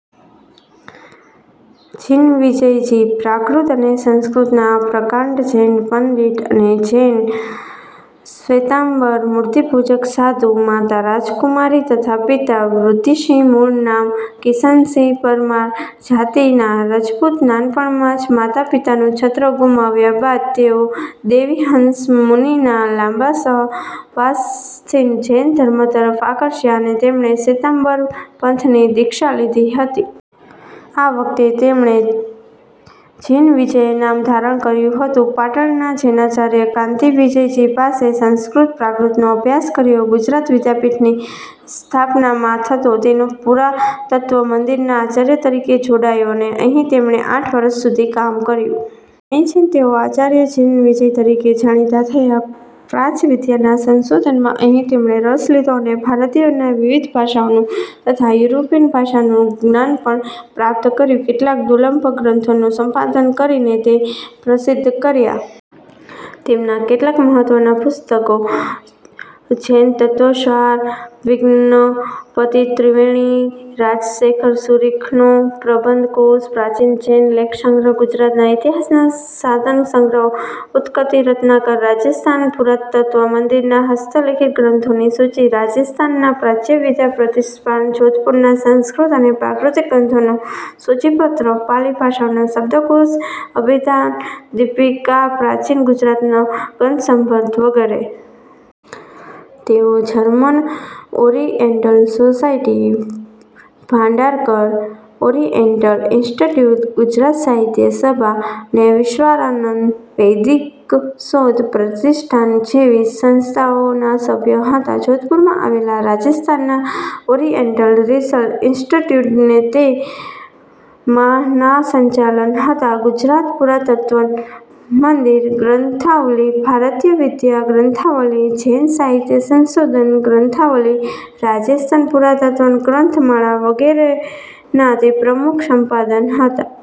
જિનવિજયજી: પ્રાકૃત અને સંસ્કૃતના પ્રકાંડ જૈન પંડિત અને જૈન શ્વેતાંબર મૂર્તિપૂજક સાધુ. માતા રાજકુમારી તથા પિતા વૃદ્ધિસિંહ. મૂળ નામ કિશનસિંહ. પરમાર જાતિના રજપૂત. નાનપણમાં જ માતાપિતાનું છત્ર ગુમાવ્યા બાદ તેઓ દેવીહંસ મુનિના લાંબા સહવાસથી જૈન ધર્મ તરફ આકર્ષાયા અને તેમણે શ્વેતાંબર પંથની દીક્ષા લીધી હતી. તે વખતે તેમણે જિનવિજય નામ ધારણ કર્યું હતું. પાટણના જૈનાચાર્ય કાન્તિવિજયજી પાસે સંસ્કૃત-પ્રાકૃત અભ્યાસ કર્યો. ગૂજરાત વિદ્યાપીઠની સ્થાપના માં થતાં તેના પુરાતત્ત્વ મંદિરના આચાર્ય તરીકે જોડાયા અને અહીં તેમણે આઠ વરસ સુધી કામ કર્યું. અહીંથી તે આચાર્ય જિનવિજયજી તરીકે જાણીતા થયા. પ્રાચ્ય વિદ્યાના સંશોધનમાં અહીં તેમણે રસ લીધો અને ભારતની વિવિધ ભાષાઓનું તથા યુરોપીય ભાષાઓનું જ્ઞાન પણ પ્રાપ્ત કર્યું. કેટલાક દુર્લભ ગ્રંથોનું સંપાદન કરીને તે પ્રસિદ્ધ કર્યા. તેમનાં કેટલાંક મહત્ત્વનાં પુસ્તકો: જૈનતત્ત્વસાર, વિજ્ઞપ્તિત્રિવેણી, રાજશેખરસૂરિનો પ્રબંધકોશ, પ્રાચીન જૈન લેખસંગ્રહ, ગુજરાતના ઇતિહાસના સાધનસંગ્રહ, ઉક્તિ રત્નાકર, રાજસ્થાન પુરાતત્ત્વમંદિરના હસ્તલિખિત ગ્રંથોની સૂચિ, રાજસ્થાન પ્રાચ્યવિદ્યા પ્રતિષ્ઠાન, જોધપુરના સંસ્કૃત અને પ્રાકૃત ગ્રંથોનું સૂચિપત્ર, પાલિ ભાષાનો શબ્દકોશ 'અભિધાનદીપિકા', પ્રાચીન ગુજરાતી ગદ્યસંદર્ભ વગેરે છે. તેઓ German Oriental Society, Bhandarkar Oriental Institute, Gujarat Sahitya Sabha અને વિશ્વેશ્વરાનંદ વૈદિક શોધ પ્રતિષ્ઠાન જેવી સંસ્થાઓના સભ્ય હતા. જોધપુરમાં આવેલા રાજસ્થાન ઓરિયેન્ટલ રિસર્ચ ઇન્સ્ટિટ્યૂટના તે માનાર્હ સંચાલક હતા. ગુજરાત પુરાતત્ત્વ મંદિર ગ્રંથાવલિ, ભારતીય વિદ્યા ગ્રંથાવલિ, જૈન સાહિત્ય સંશોધક ગ્રંથાવલિ, રાજસ્થાન પુરાતત્ત્વ ગ્રંથમાળા વગેરેના તે પ્રમુખ સંપાદક હતા.